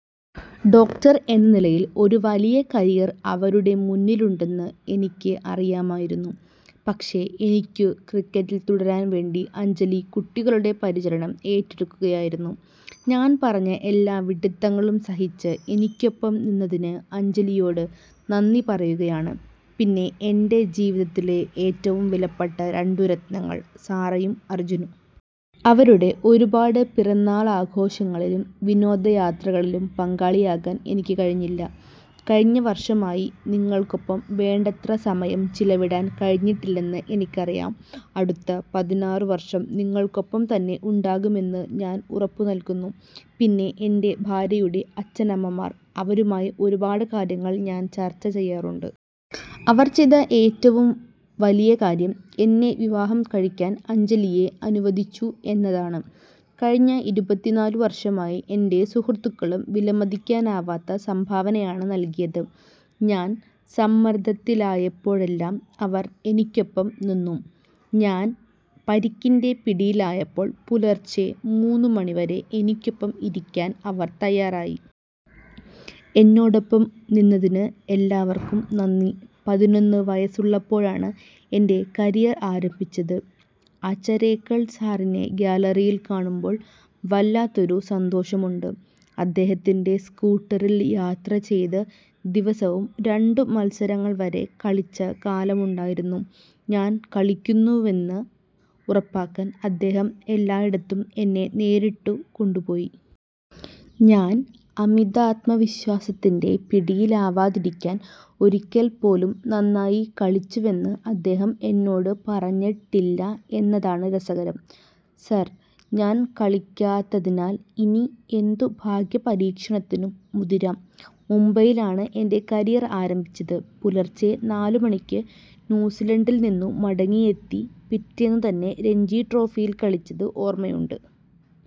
Doctor എന്ന നിലയിൽ ഒരു വലിയ കരിയർ അവരുടെ മുന്നിലുണ്ടെന്ന് എനിക്ക് അറിയാമായിരുന്നു. പക്ഷേ, എനിക്കു ക്രിക്കറ്റിൽ തുടരാൻ വേണ്ടി അഞ്ജലി കുട്ടികളുടെ പരിചരണം ഏറ്റെടുക്കുകയായിരുന്നു. ഞാൻ പറഞ്ഞ എല്ലാ വിഡ്ഢിത്തങ്ങളും സഹിച്ച് എനിക്കൊപ്പം നിന്നതിന് അഞ്ജലിയോടു നന്ദി പറയുകയാണ്. പിന്നെ എന്റെ ജീവിതത്തിലെ ഏറ്റവും വിലപ്പെട്ട രണ്ടു രത്നങ്ങൾ- സാറയും അർജുനും. അവരുടെ ഒരു പാട് പിറന്നാളാഘോഷങ്ങളിലും വിനോദയാത്രകളിലും പങ്കാളിയാകാൻ എനിക്കു കഴിഞ്ഞില്ല. കഴിഞ്ഞ വർഷമായി നിങ്ങൾക്കൊപ്പം വേണ്ടത്ര സമയം ചിലവിടാൻ കഴിഞ്ഞിട്ടില്ലെന്ന് എനിക്കറിയാം. അടുത്ത പതിനാറു വർഷം നിങ്ങൾക്കൊപ്പം തന്നെ ഉണ്ടാകുമെന്ന് ഞാൻ ഉറപ്പു തരുന്നു. പിന്നെ എന്റെ ഭാര്യയുടെ അച്ഛനമ്മമാർ. അവരുമായി ഒരുപാട് കാര്യങ്ങൾ ഞാൻ ചർച്ച ചെയ്യാറുണ്ട്. അവർ ചെയ്ത ഏറ്റവും വലിയ കാര്യം എന്നെ വിവാഹം കഴിക്കാൻ അഞ്ജലിയെ അനുവദിച്ചു എന്നതാണ്. കഴിഞ്ഞ ഇരുപത്തിനാലു വർഷമായി എന്റെ സുഹൃത്തുക്കളും വിലമതിക്കാനാവാത്ത സംഭാവനയാണ് നൽകിയത്. ഞാൻ സമ്മർദത്തിലായപ്പോഴെല്ലാം അവർ എനിക്കൊപ്പം നിന്നു. ഞാൻ പരിക്കിന്റെ പിടിയിലായപ്പോൾ പുലർച്ചെ മൂന്നു മണിവരെ എനിക്കൊപ്പം ഇരിക്കാൻ അവർ തയ്യാറായി. എന്നോടൊപ്പം നിന്നതിന് എല്ലാവർക്കും നന്ദി. പതിനൊന്ന് വയസ്സുള്ളപ്പോഴാണ് എന്റെ കരിയർ ആരംഭിച്ചത്. അചരേക്കൾ സാറിനെ ഗ്യാലറിയിൽ കാണുമ്പോൾ വല്ലാത്തൊരു സന്തോഷമുണ്ട്. അദ്ദേഹത്തിന്റെ സ്കൂട്ടറിൽ യാത്ര ചെയ്ത് ദിവസവും രണ്ടു മത്സരങ്ങൾ വരെ കളിച്ച കാലമുണ്ടായിരുന്നു. ഞാൻ കളിക്കുന്നുവെന്ന് ഉറപ്പാക്കാൻ അദ്ദേഹം എല്ലായിടത്തും എന്നെ നേരിട്ടു കൊണ്ടുപോയി. ഞാൻ അമിതാത്മവിശ്വാസത്തിന്റെ പിടിയിലാവാതിരിക്കാൻ ഒരിക്കൽപ്പോലും നന്നായി കളിച്ചുവെന്ന് അദ്ദേഹം എന്നോടു പറഞ്ഞിട്ടില്ല എന്നതാണ് രസകരം. സർ, ഞാൻ കളിക്കാത്തതിനാൽ ഇനി എന്തു ഭാഗ്യപരീക്ഷണത്തിനും മുതിരാം. മുംബൈയിലാണ് എന്റെ കരിയർ ആരംഭിച്ചത്. പുലർച്ചെ നാലു മണിക്ക് ന്യൂസീലൻഡിൽ നിന്നു മടങ്ങിയെത്തി പിറ്റേന്നു തന്നെ രഞ്ജി ട്രോഫിയിൽ കളിച്ചത് ഓർമയുണ്ട്.